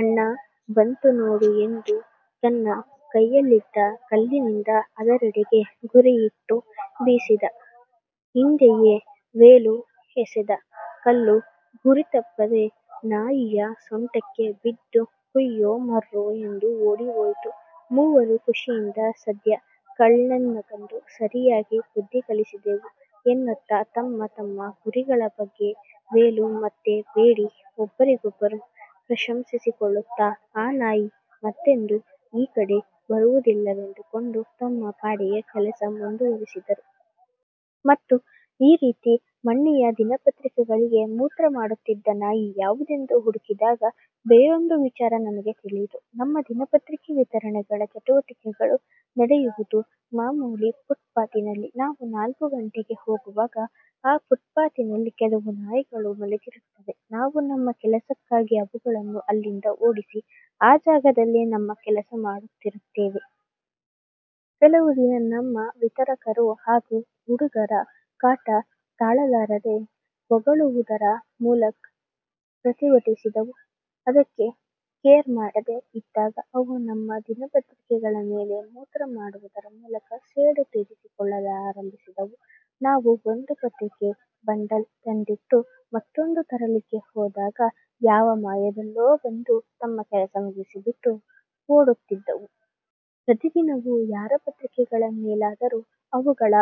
"ಆಣ್ಣ ಬಂತು ನೋಡು ಎಂದು ತನ್ನ ಕೈಯಲ್ಲಿದ್ದ ಕಲ್ಲಿನಿಂದ ಅದರೆಡೆಗೆ ಗುರಿಯಿಟ್ಟು ಬೀಸಿದ. ಹಿಂದೆಯೇ ವೇಲು ಎಸೆದ ಕಲ್ಲು ಗುರಿತಪ್ಪದೇ ನಾಯಿಯ ಸೊಂಟಕ್ಕೆ ಬಿದ್ದು ಕುಯ್ಯೋ ಮರ್ರೋ ಎಂದು ಓಡಿಹೋಯಿತು. ಮೂವರು ಖುಷಿಯಿಂದ ಸದ್ಯ ಕಳ್ಳನನ್ ಮಗಂದು ಸರಿಯಾಗಿ ಬುದ್ಧಿ ಕಲಿಸಿದೆವು ಎನ್ನುತ್ತಾ ತಮ್ಮ ತಮ್ಮ ಗುರಿಗಳ ಬಗ್ಗೆ ವೇಲು ಮತ್ತು ವೇಡಿ ಒಬ್ಬರಿಗೊಬ್ಬರು ಪ್ರಶಂಸಿಸಿಕೊಳ್ಳುತ್ತಾ ಆ ನಾಯಿ ಮತ್ತೆಂದು ಈ ಕಡೆ ಬರುವುದಿಲ್ಲವೆಂದುಕೊಂಡು ತಮ್ಮ ಪಾಡಿಗೆ ಕೆಲಸ ಮುಂದುವರಿಸಿದರು. ಮತ್ತು ಈ ರೀತಿ ಮಣಿಯ ದಿನಪತ್ರಿಕೆಗಳಿಗೆ ಮೂತ್ರ ಮಾಡುತ್ತಿದ್ದ ನಾಯಿ ಯಾವುದೆಂದು ಹುಡುಕಿದಾಗ ಬೇರೊಂದು ವಿಚಾರ ನಮಗೆ ತಿಳಿಯಿತು. ನಮ್ಮ ದಿನಪತ್ರಿಕೆ ವಿತರಣೆಗಳ ಚಟುವಟಿಕೆಗಳು ನಡೆಯುವುದು ಮಾಮೂಲಿ ಫುಟ್ ಪಾತಿನಲ್ಲಿ. ನಾವು ನಾಲ್ಕು ಗಂಟೆಗೆ ಹೋಗುವಾಗ ಆ ಫುಟ್ ಪಾತಿನಲ್ಲಿ ಕೆಲವು ನಾಯಿಗಳು ಮಲಗಿರುತ್ತವೆ. ನಾವು ನಮ್ಮ ಕೆಲಸಕ್ಕಾಗಿ ಅವುಗಳನ್ನು ಅಲ್ಲಿಂದ ಓಡಿಸಿ ಆ ಜಾಗದಲ್ಲೇ ನಮ್ಮ ಕೆಲಸ ಮಾಡುತ್ತಿರುತ್ತೇವೆ. ಕೆಲವು ದಿನ ನಮ್ಮ ವಿತರಕರು ಹಾಗೂ ಹುಡುಗರ ಕಾಟ ತಾಳಲಾರದೆ, ಬೊಗಳುವುದರ ಮೂಲಕ್ ಪ್ರತಿಭಟಿಸಿದವು. ಅದಕ್ಕೆ ಕೇರ್ ಮಾಡದೆ ಇದ್ದಾಗ ಅವು ನಮ್ಮ ದಿನಪತ್ರಿಕೆಗಳ ಮೇಲೆ ಮೂತ್ರ ಮಾಡುವುದರ ಮೂಲಕ ಸೇಡು ತೀರಿಸಿಕೊಳ್ಳಲಾರಂಭಿಸಿದವು. ನಾವು ಒಂದು ಪತ್ರಿಕೆ ಬಂಡಲ್ ತಂದಿಟ್ಟು ಮತ್ತೊಂದು ತರಲಿಕ್ಕೆ ಹೋದಾಗ ಯಾವ ಮಾಯದಲ್ಲೋ ಬಂದು ತಮ್ಮ ಕೆಲಸ ಮುಗಿಸಿಬಿಟ್ಟು ಓಡುತ್ತಿದ್ದವು. ಪ್ರತಿದಿನವೂ ಯಾರ ಪತ್ರಿಕೆಗಳ ಮೇಲಾದರೂ ಅವುಗಳ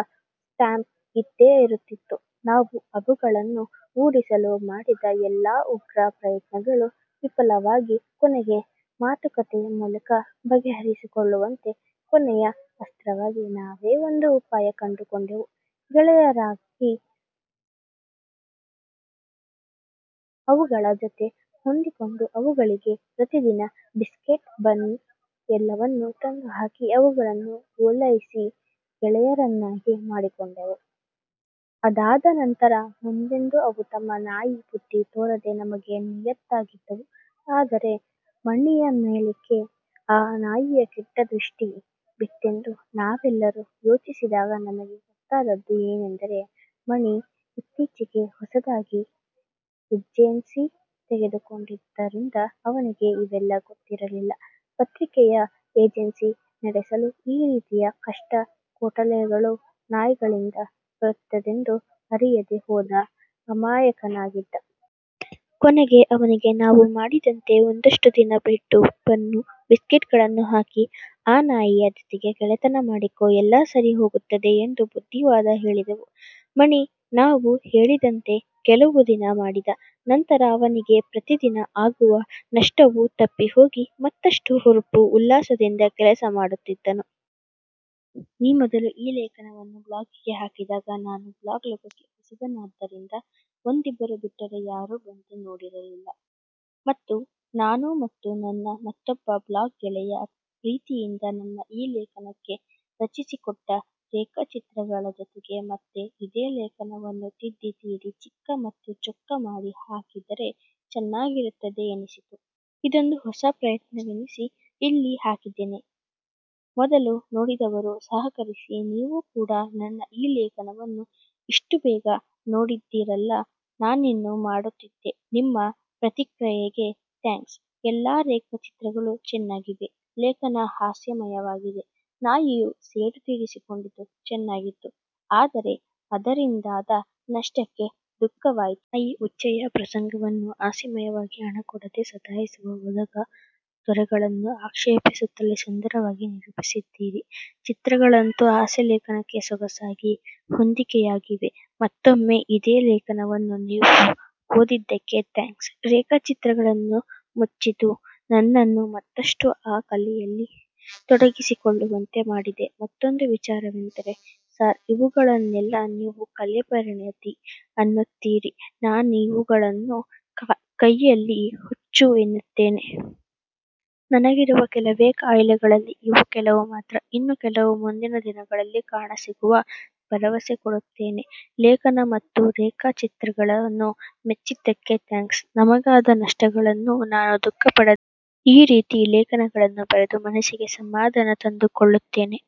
ಸ್ಟಾಂಪ್ ಇದ್ದೇ ಇರುತ್ತಿತ್ತು. ನಾವು ಅವುಗಳನ್ನು ಓಡಿಸಲು ಮಾಡಿದ ಎಲ್ಲಾ ಉಗ್ರ ಪ್ರಯತ್ನಗಳು ವಿಫಲವಾಗಿ ಕೊನೆಗೆ ಮಾತುಕತೆಯ ಮೂಲಕ ಬಗೆಹರಿಸಿಕೊಳ್ಳುವಂತೆ ಕೊನೆಯ ಅಸ್ತ್ರವಾಗಿ ನಾವೇ ಒಂದು ಉಪಾಯ ಕಂಡು ಕೊಂಡೆವು. ಗೆಳೆಯರಾಗಿ ಅವುಗಳ ಜೊತೆ ಹೊಂದಿಕೊಂಡು ಅವುಗಳಿಗೆ ಪ್ರತಿದಿನ ಬಿಸ್ಕೆಟ್ಟು, ಬನ್ನು ಎಲ್ಲವನ್ನು ತಂದು ಹಾಕಿ ಅವುಗಳನ್ನು ಓಲೈಸಿ ಗೆಳೆಯರನ್ನಾಗಿ ಮಾಡಿಕೊಂಡೆವು. ಅದಾದ ನಂತರ ಮುಂದೆಂದು ಅವು ತಮ್ಮ ನಾಯಿ ಬುದ್ದಿ ತೋರದೆ ನಮಗೆ ನಿಯತ್ತಾಗಿದ್ದವು. ಅದರೆ ಮಣಿಯ ಮೇಲೇಕೆ ಆ ನಾಯಿಯ ಕೆಟ್ಟ ದೃಷ್ಟಿ ಬಿತ್ತೆಂದು ನಾವೆಲ್ಲರೂ ಯೋಚಿಸಿದಾಗ ನಮಗೆ ಗೊತ್ತಾದದ್ದು ಏನೆಂದರೆ, ಮಣಿ ಇತ್ತೀಚೆಗೆ ಹೊಸದಾಗಿ ಏಜೆನ್ಸಿ ತೆಗೆದುಕೊಂಡಿದ್ದರಿಂದ ಅವನಿಗೆ ಇವೆಲ್ಲಾ ಗೊತ್ತಿರಲಿಲ್ಲ. ಪತ್ರಿಕೆಯ ಏಜೆನ್ಸಿ ನಡೆಸಲು ಈ ರೀತಿಯ ಕಷ್ಟ-ಕೋಟಲೆಗಳು ನಾಯಿಗಳಿಂದ ಬರುತ್ತದೆಂದು ಅರಿಯದ ಹೋದ ಅಮಾಯಕನಾಗಿದ್ದ. ಕೊನೆಗೆ ಅವನಿಗೆ ನಾವು ಮಾಡಿದಂತೆ ಒಂದಷ್ಟು ದಿನ ಬ್ರೆಡ್ಡು, ಬನ್ನು, ಬಿಸ್ಕೆಟ್ಟುಗಳನ್ನು ಹಾಕಿ ಅ ನಾಯಿಯ ಜೊತೆ ಗೆಳೆತನ ಮಾಡಿಕೊ ಎಲ್ಲಾ ಸರಿಹೋಗುತ್ತದೆ ಎಂದು ಬುದ್ಧಿವಾದ ಹೇಳಿದೆವು. ಮಣಿ ನಾವು ಹೇಳಿದಂತೆ ಕೆಲವು ದಿನ ಮಾಡಿದ ನಂತರ ಅವನಿಗೆ ಪ್ರತಿದಿನ ಆಗುವ ನಷ್ಟವು ತಪ್ಪಿಹೋಗಿ ಮತ್ತಷ್ಟು ಹುರುಪು ಉಲ್ಲಾಸದಿಂದ ಕೆಲಸ ಮಾಡುತ್ತಿದ್ದಾನು. ಈ ಮೊದಲು ಈ ಲೇಖನವನ್ನು ಬ್ಲಾಗಿಗೆ ಹಾಕಿದಾಗ ನಾನು ಬ್ಲಾಗ್ ಲೋಕಕ್ಕೆ ಹೊಸಬನಾದ್ದರಿಂದ ಒಂದಿಬ್ಬರು ಬಿಟ್ಟರೆ ಯಾರು ಬಂದು ನೋಡಿರಲಿಲ್ಲ. ಮತ್ತು ನಾನು ಮತ್ತು ನನ್ನ ಮತ್ತೊಬ್ಬ ಬ್ಲಾಗ್ ಗೆಳಯ ಪ್ರೀತಿಯಿಂದ ನನ್ನ ಈ ಲೇಖನಕ್ಕೆ ರಚಿಸಿಕೊಟ್ಟ ರೇಖಾಚಿತ್ರಗಳ ಜೊತೆಗೆ ಮತ್ತೆ ಇದೇ ಲೇಖನವನ್ನು ತಿದ್ದಿ ತೀಡಿ ಚಿಕ್ಕ ಮತ್ತು ಚೊಕ್ಕ ಮಾಡಿ ಹಾಕಿದರೆ ಚೆನ್ನಾಗಿರುತ್ತದೆ ಎನಿಸಿತ್ತು. ಇದೊಂದು ಹೊಸ ಪ್ರಯತ್ನವೆನಿಸಿ ಇಲ್ಲಿ ಹಾಕಿದ್ದೇನೆ. ಮೊದಲು ನೋಡಿದವರೂ ಸಹಕರಿಸಿ. ನೀವು ಕೂಡ ನನ್ನ ಈ ಲೇಖನವನ್ನು ಇಷ್ಟು ಬೇಗ ನೋಡಿದಿರಲ್ಲ! ನಾನಿನ್ನು ಮಾಡುತ್ತಿದ್ದೆ. ನಿಮ್ಮ ಪ್ರತಿಕ್ರಯೆಗೆ ಥ್ಯಾಂಕ್ಸ್. ಎಲ್ಲಾ ರೇಖಾಚಿತ್ರಗಳು ಚೆನ್ನಾಗಿವೆ. ಲೇಖನ ಹಾಸ್ಯಮಯವಾಗಿದೆ. ನಾಯಿಯು ಸೇಡು ತೀರಿಸಿಕೊಂಡಿದ್ದು ಚೆನ್ನಾಗಿತ್ತುಆದರೆ ಅದರಿಂದಾದ ನಷ್ಟಕ್ಕೆ ದುಃಖವಾಯಿತು. ನಾಯಿ ಉಚ್ಚೆಯ ಪ್ರಸಂಗವನ್ನು ಹಾಸ್ಯಮಯವಾಗಿ, ಹಣಕೊಡದೆ ಸತಾಯಿಸುವ ಓದುಗ 'ದೊರೆ'ಗಳನ್ನು ಆಕ್ಷೇಪಿಸುತ್ತಲೇ ಸುಂದರವಾಗಿ ನಿರೂಪಿಸಿದ್ದೀರಿ, ಚಿತ್ರಗಳಂತೂ ಹಾಸ್ಯಲೇಖನಕ್ಕೆ ಸೊಗಸಾಗಿ ಹೊಂದಿಕೆಯಾಗಿವೆಮತ್ತೊಮ್ಮೆ ಇದೇ ಲೇಖನವನ್ನು ನೀವು ಓದಿದಕ್ಕೆ ಥ್ಯಾಂಕ್ಸ್. ರೇಖಚಿತ್ರಗಳನ್ನು ಮೆಚ್ಚಿದ್ದು ನನ್ನನ್ನು ಮತ್ತಷ್ಟು ಆ ಕಲೆಯಲ್ಲಿ ತೊಡಗಿಸಿಕೊಳ್ಳುವಂತೆ ಮಾಡಿದೆ. ಮತ್ತೊಂದು ವಿಚಾರವೆಂದರೆ ಸಾರ್ ಇವುಗಳನ್ನೆಲ್ಲಾ ನೀವು ಕಲೆ ಪರಿಣತಿ ಅನ್ನುತ್ತೀರಿನಾನಿವುಗಳನ್ನು ಖಯಾಲಿ, ಹುಚ್ಚು, ಎನ್ನುತ್ತೇನೆ. ನನಗಿರುವ ಕೆಲವೇ ಖಯಾಲಿಗಳಲ್ಲಿ ಇವು ಕೆಲವು ಮಾತ್ರ. ಇನ್ನು ಕೆಲವು ಮುಂದಿನ ದಿನಗಳಲ್ಲಿ ಕಾಣಸಿಗುವ ಭರವಸೆಕೊಡುತ್ತೇನೆಲೇಖನ ಮತ್ತು ರೇಖ ಚಿತ್ರಗಳನ್ನು ಮೆಚ್ಚಿದ್ದಕ್ಕೆ ಥ್ಯಾಂಕ್ಸ್. ನಮಗಾದ ನಷ್ಟಗಳನ್ನು ನಾನು ದುಃಖಪಡದೆ ಈ ರೀತಿ ಲೇಖನಗಳನ್ನು ಬರೆದು ಮನಸ್ಸಿಗೆ ಸಮಾಧಾನ ತಂದುಕೊಳ್ಳುತ್ತೇನೆ.